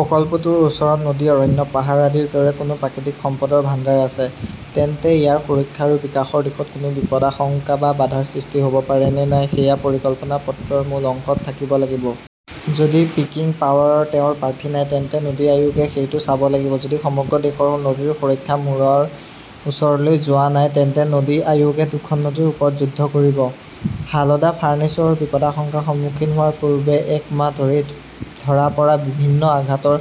প্ৰকল্পটোৰ ওচৰত নদী, অৰণ্য, পাহাৰ আদিৰ দৰে কোনো প্ৰাকৃতিক সম্পদৰ ভাণ্ডাৰ আছে, তেন্তে ইয়াৰ সুৰক্ষা আৰু বিকাশৰ দিশত কোনো বিপদাশংকা বা বাধাৰ সৃষ্টি হ 'ব পাৰে নে নাই সেয়া পৰিকল্পনা পত্ৰৰ মূল অংশত থাকিব লাগিব। যদি পিকিং পাৱাৰৰ তেওঁৰ প্ৰাৰ্থী নাই, তেন্তে নদী আয়োগে সেইটো চাব লাগিব। যদি সমগ্ৰ দেশৰ নদীৰ সুৰক্ষা মুৰাৰ ওচৰলৈ যোৱা নাই, তেন্তে নদী আয়োগে দুখন নদীৰ ওপৰত যুদ্ধ কৰিব। হালদা ফাৰ্নেছৰ বিপদাশংকাৰ সন্মুখীন হোৱাৰ পূৰ্বে এক মাহ ধৰি ধৰা পৰা বিভিন্ন আঘাতৰ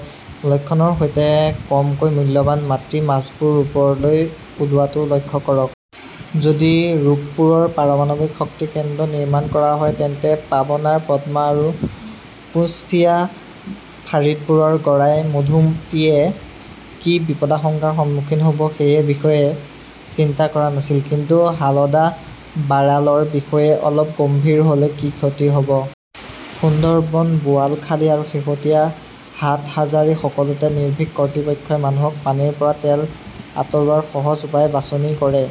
লক্ষণৰ সৈতে কমকৈ মূল্যৱান মাতৃ মাছবোৰে ওপৰলৈ ওলোৱাটো লক্ষ্য কৰক। যদি ৰূপপুৰৰ পাৰমাণৱিক শক্তি কেন্দ্ৰ নিৰ্মাণ কৰা হয় তেন্তে পাবনাৰ পদ্মা আৰু কুশ্তিয়া-ফাৰিদপুৰৰ গড়াই, মধুমতীয়ে কি বিপদাশংকাৰ সন্মুখীন হ 'ব সেই বিষয়ে চিন্তা কৰা নাছিল, কিন্তু হালদা-বাৰালৰ বিষয়ে অলপ গম্ভীৰ হ' লে কি ক্ষতি হ 'ব? সুন্দৰবন, বোৱালখালী, আৰু শেহতীয়া হাটহাজৰী-সকলোতে নিৰ্ভীক কৰ্তৃপক্ষই মানুহক পানীৰ পৰা তেল আঁতৰোৱাৰ সহজ উপায় বাছনি কৰে,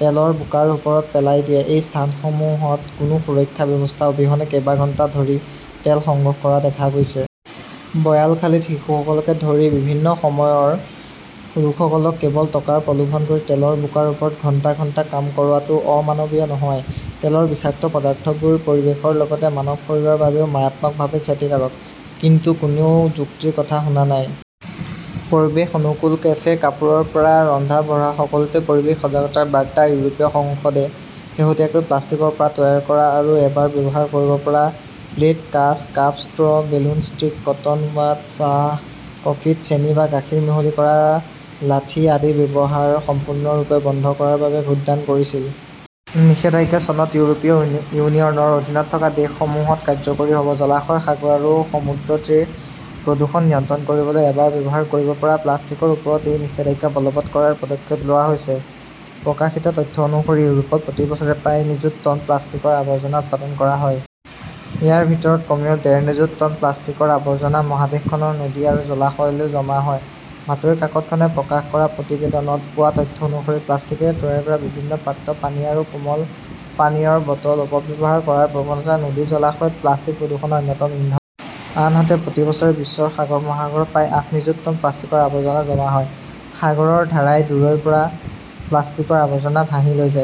তেলৰ বোকাৰ ওপৰত পেলাই দিয়ে! এই স্থানসমূহত কোনো সুৰক্ষা ব্যৱস্থা অবিহনে কেইবা ঘণ্টা ধৰি তেল সংগ্ৰহ কৰা দেখা গৈছে। বয়ালখালীত শিশুসকলকে ধৰি বিভিন্ন বয়সৰ লোকসকলক কেৱল টকাৰ প্ৰলোভন কৰি তেলৰ বোকাৰ ওপৰত ঘণ্টা ঘণ্টা কাম কৰোৱাটো অমানৱীয় নহয়! তেলৰ বিষাক্ত পদাৰ্থবোৰ পৰিৱেশৰ লগতে মানৱ শৰীৰৰ বাবেও মাৰাত্মকভাৱে ক্ষতিকাৰক। কিন্তু কোনেও যুক্তিৰ কথা শুনা নাই। পৰিৱেশ-অনুকূল কেফে! কাপোৰৰ পৰা ৰন্ধা-বঢ়া, সকলোতে পৰিৱেশ সজাগতাৰ বাৰ্তা ইউৰোপীয় সংসদে শেহতীয়াকৈ প্লাষ্টিকৰ পৰা তৈয়াৰ কৰা আৰু এবাৰ ব্যৱহাৰ কৰিব পৰা প্লেট, কাঁচ, cup, straw ', balloon stick, cotton bud, চাহ-কফিত চেনি বা গাখীৰ মিহলি কৰা লাঠি আদিৰ ব্যৱহাৰ সম্পূৰ্ণৰূপে বন্ধ কৰাৰ বাবে ভোটদান কৰিছিল। নিষেধাজ্ঞা চনত ইউৰোপীয় ইউনিয়নৰ অধীনত থকা দেশসমূহত কাৰ্যকৰী হ 'ব। জলাশয়, সাগৰ আৰু সমুদ্ৰতীৰৰ প্ৰদূষণ নিয়ন্ত্ৰণ কৰিবলৈ এবাৰ ব্যৱহাৰ কৰিব পৰা প্লাষ্টিকৰ ওপৰত এই নিষেধাজ্ঞা বলৱৎ কৰাৰ পদক্ষেপ লোৱা হৈছে। প্ৰকাশিত তথ্য অনুসৰি ইউৰোপত প্ৰতি বছৰে প্ৰায় নিযুত টন প্লাষ্টিকৰ আৱৰ্জনা উৎপাদন কৰা হয়। ইয়াৰ ভিতৰত কমেও ডেৰ নিযুত টন প্লাষ্টিকৰ আৱৰ্জনা মহাদেশখনৰ নদী আৰু জলাশয়লৈ জমা হয়। বাতৰি কাকতখনে প্ৰকাশ কৰা প্ৰতিবেদনত পোৱা তথ্য অনুসৰি, প্লাষ্টিকৰে তৈয়াৰ কৰা বিভিন্ন পাত্ৰ, পানী আৰু কোমল পানীয়ৰ বটল অপব্যৱহাৰ কৰাৰ প্ৰৱণতা নদী-জলাশয়ত প্লাষ্টিক প্ৰদূষণৰ অন্যতম ইন্ধন। আনহাতে, প্ৰতি বছৰে বিশ্বৰ সাগৰ-মহাসাগৰত প্ৰায় আঠ নিযুত টন প্লাষ্টিকৰ আৱৰ্জনা জমা হয়। সাগৰৰ ধাৰাই দূৰৈৰ পৰা প্লাষ্টিকৰ আৱৰ্জনা ভাহি লৈ যায়।